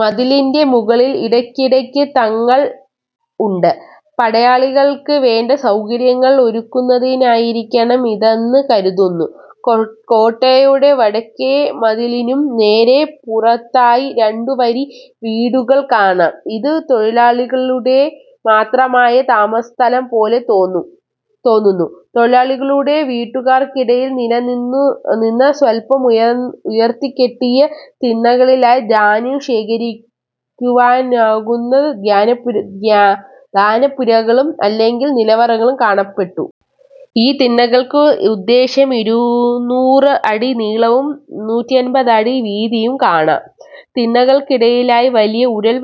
മതിലിൻ്റെ മുകളിൽ ഇടയ്ക്കിടക്ക് തളങ്ങൾ ഉണ്ട്. പടയാളികൾക്ക് വേണ്ട സൗകര്യങ്ങൾ ഒരുക്കുന്നതിനായിരിക്കണം ഇതെന്ന് കരുതുന്നു. കോട്ടയുടെ വടക്കേ മതിലിനും നേരെ പുറത്തായി രണ്ടു വരി വീടുകൾ കാണാം. ഇത് തൊഴിലാളികളുടെ മാത്രമായ താമസസ്ഥലം പോലെ തോന്നുന്നു. തൊഴിലാളികളുടെ വീടുകൾക്കിടയിൽ നിലത്തുനിന്ന് സ്വല്പം ഉയർത്തിക്കെട്ടിയ തിണ്ണകളിലായി ധാന്യം ശേഖരിക്കുവാനുതകുന്ന ധാന്യപ്പുരകൾ അല്ലെങ്കിൽ നിലവറകൾ കാണപ്പെട്ടു. ഈ തിണ്ണകൾക്ക് ഉദ്ദേശം ഇരുന്നൂറ് അടി നീളവും നൂറ്റിയമ്പത് അടി വീതിയും കാണാം. തിണ്ണകൾക്കിടയിലായി വലിയ ഉരൽ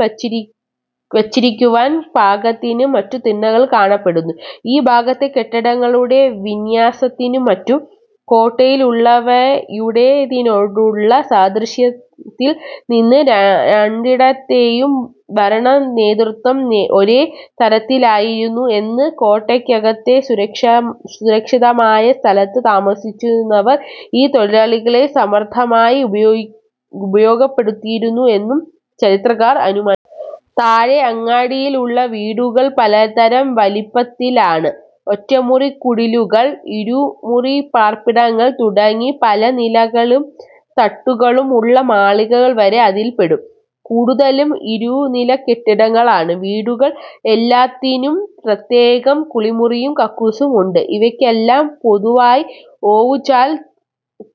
വച്ചിരിക്കുവാൻ പാകത്തിന് മറ്റു തിണ്ണകളും കാണപ്പെടുന്നുണ്ട്. ഈ ഭാഗത്തെ കെട്ടിടങ്ങളുടെ വിന്യാസത്തിനും മറ്റും കോട്ടയിലുള്ളവയുടേതിനോടുള്ള സാദൃശ്യത്തിൽ നിന്ന് രണ്ടിടത്തെയും ഭരണനേതൃത്വം ഒരേ തരത്തിലായിരുന്നു എന്നും കോട്ടയ്ക്കകത്തെ സുരക്ഷിതമായ സ്ഥലത്ത് താമസിച്ചിരുന്നവർ ഈ തൊഴിലാളികളെ സമർത്ഥമായി ഉപയോഗപ്പെടുത്തിയിരുന്നു എന്നും ചരിത്രകാരന്മാർ അനുമാനിക്കുന്നു. താഴെ അങ്ങാടിയിലുള്ള വീടുകൾ പലതരം വലിപ്പത്തിലാണ്. ഒറ്റമുറിക്കുടിലുകൾ, ഇരുമുറിപ്പാർപ്പിടങ്ങൾ തുടങ്ങി പല നിലകളും തട്ടുകളും ഉള്ള മാളികകൾ വരെ അതിൽപ്പെടും. കൂടുതലും ഇരുനിലക്കെട്ടിടങ്ങളാണ്. വീടുകൾ എല്ലാത്തിനും പ്രത്യേകം കുളിമുറിയും കക്കൂസും ഉണ്ട്. ഇവയ്ക്കെല്ലാം പൊതുവായ ഓവുചാൽ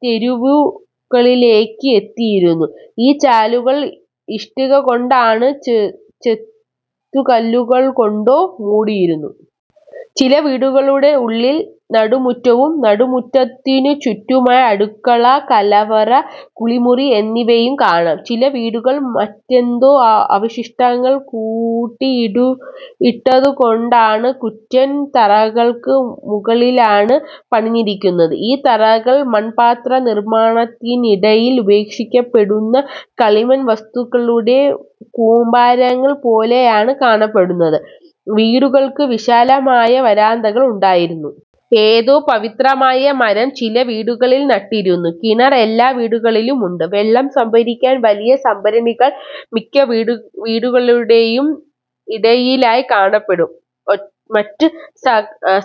തെരുവുകളിലേയ്ക്ക് എത്തിയിരുന്നു. ഈ ചാലുകൾ ഇഷ്ടികകൊണ്ടോ ചെത്തുകല്ലുകൾകൊണ്ടോ മൂടിയിരുന്നു. ചില വീടുകളുടെ ഉള്ളിൽ നടുമുറ്റവും നടുമുറ്റത്തിനു ചുറ്റുമായി അടുക്കള, കലവറ, കുളിമുറി എന്നിവയും കാണാം. ചില വീടുകൾ മറ്റെന്തോ അവശിഷ്ടങ്ങൾ കൂട്ടിയിട്ടതുകൊണ്ടുണ്ടായ കൂറ്റൻ തറകൾക്ക് മുകളിലാണ് പണിതിരിക്കുന്നത്. ഈ തറകൾ മൺപാത്രനിർമ്മാണത്തിനിടയിൽ ഉപേക്ഷിക്കപ്പെടുന്ന കളിമൺ വസ്തുക്കളുടെ കൂമ്പാരങ്ങൾ പോലെയാണ് കാണപ്പെടുന്നത്. വീടുകൾക്ക് വിശാലമായ വരാന്തകൾ ഉണ്ടായിരുന്നു. ഏതോ പവിത്രമായ മരം ചില വീടുകളിൽ നട്ടിരുന്നു. കിണർ എല്ലാ വീടുകളിലും ഉണ്ട്. വെള്ളം സംഭരിക്കാൻ വലിയ സംഭരണികൾ മിക്ക വീടുകളുടേയും ഇടയിലായി കാണപ്പെട്ടു. മറ്റ്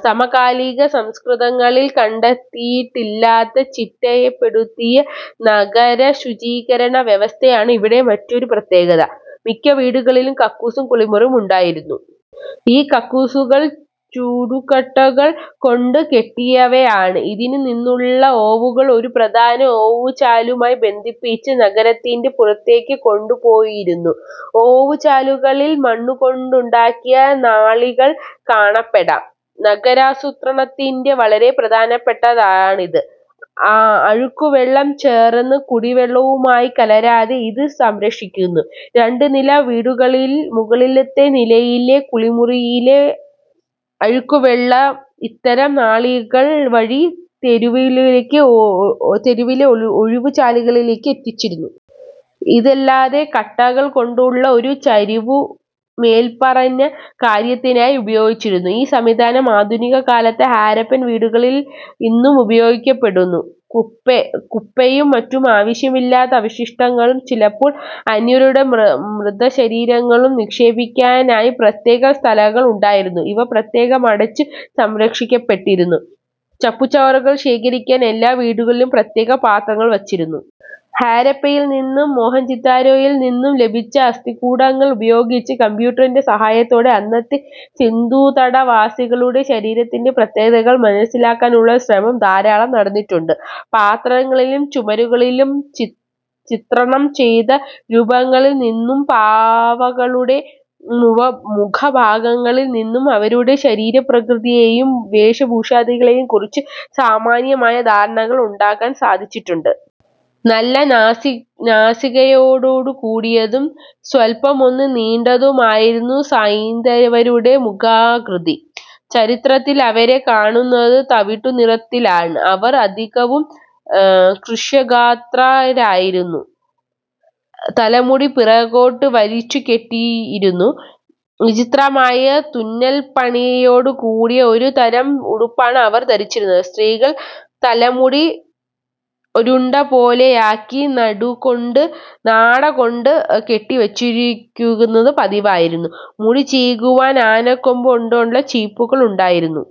സമകാലിക സംസ്കൃതികളിൽ കണ്ടെത്തിയിട്ടില്ലാത്ത ചിട്ടപ്പെടുത്തിയ നഗരശുചീകരണ വ്യവസ്ഥയാണ് ഇവിടത്തെ മറ്റൊരു പ്രത്യേകത. മിക്ക വീടുകളിലും കക്കൂസും കുളിമുറിയും ഉണ്ടായിരുന്നു. ഈ കക്കൂസുകൾ ചുടുകട്ടകൾ കൊണ്ട് കെട്ടിയവയാണ്. ഇതിൽ നിന്നുള്ള ഓവുകൾ ഒരു പ്രധാന ഓവുചാലുമായി ബന്ധിപ്പിച്ച് നഗരത്തിൻ്റെ പുറത്തേയ്ക്ക് കൊണ്ടുപോയിരുന്നു. ഓവുചാലുകളിൽ മണ്ണുകൊണ്ടുണ്ടാക്കിയ നാളികൾ കാണപ്പെട്ടു. നഗരാസൂത്രണത്തിൽ വളരെ പ്രധാനപ്പെട്ടതാണിത്. അഴുക്കുവെള്ളം ചോർന്ന് കുടിവെള്ളവുമായി കലരാതെ ഇത് സംരക്ഷിക്കുന്നു. രണ്ടു നില വീടുകളിൽ മുകളിലത്തെ നിലയിലെ കുളിമുറികളിലെ അഴുക്കുവെള്ളം ഇത്തരം നാളികൾ വഴി തെരുവുകളിലെ ഓവുചാലുകളിൽ എത്തിച്ചിരുന്നു. ഇതല്ലാതെ കട്ടകൾ കൊണ്ടുള്ള ഒരു ചരിവും മേൽപ്പറഞ്ഞ കാര്യത്തിനായി ഉപയോഗിച്ചിരുന്നു. ഈ സംവിധാനം ആധുനികകാലത്തെ ഹാരപ്പൻ വീടുകളിൽ ഇന്നും ഉപയോഗിക്കപ്പെടുന്നുണ്ട്. കുപ്പയും മറ്റു ആവശ്യമില്ലാത്ത അവശിഷ്ടങ്ങളും ചിലപ്പോൾ അന്യരുടെ മൃതശരീരങ്ങളും നിക്ഷേപിക്കാനായി പ്രത്യേകം സ്ഥലങ്ങൾ ഉണ്ടായിരുന്നു. ഇവ പ്രത്യേകം അടച്ച് സംരക്ഷിക്കപ്പെട്ടിരുന്നു. ചപ്പുചവറുകൾ ശേഖരിക്കാൻ എല്ലാ വീടുകളിലും പ്രത്യേകം പാത്രങ്ങൾ വച്ചിരുന്നു. ഹരപ്പയിൽ നിന്നും മൊഹൻജൊദാരോയിൽ നിന്നും ലഭിച്ച അസ്ഥികൂടങ്ങൾ ഉപയോഗിച്ച് കമ്പ്യൂട്ടറിൻ്റെ സഹായത്തോടെ അന്നത്തെ സിന്ധുതടവാസികളുടെ ശരീരത്തിൻ്റെ പ്രത്യേകതകൾ മനസ്സിലാക്കാനുള്ള ശ്രമങ്ങൾ ധാരാളം നടന്നിട്ടുണ്ട്. പാത്രങ്ങളിലും ചുമരുകളിലും ചിത്രണം ചെയ്ത രൂപങ്ങളിൽ നിന്നും പാവകളുടെ മുഖഭാവങ്ങളിൽ നിന്നും അവരുടെ ശരീരപ്രകൃതിയേയും വേഷഭൂഷാദികളേയും കുറിച്ച് സാമാന്യമായ ധാരണകൾ ഉണ്ടാക്കാൻ സാധിച്ചിട്ടുണ്ട്. നല്ല നാസികയോടുകൂടിയതും സ്വല്പമൊന്നു നീണ്ടതുമായിരുന്നു സൈന്ധവരുടെ മുഖാകൃതി. ചിത്രങ്ങളിൽ അവരെ കാണുന്നത് തവിട്ടുനിറത്തിലാണ്. അവർ അധികവും കൃശഗാത്രരായിരുന്നു. തലമുടി പിറകോട്ട് വലിച്ചു കെട്ടിയിരുന്നു. വിചിത്രമായ തുന്നൽപ്പണിയോടുകൂടിയ ഒരു തരം ഉടുപ്പാണ് അവർ ധരിച്ചിരുന്നത്. സ്ത്രീകൾ തലമുടി ഒരുണ്ടപോലെയാക്കി നാടകൊണ്ട് കെട്ടിവയ്ക്കുകയായിരുന്നു പതിവ്. മുടി ചീകുവാൻ ആനക്കൊമ്പുകൊണ്ട് ചീർപ്പുണ്ടാക്കിയിരുന്നു.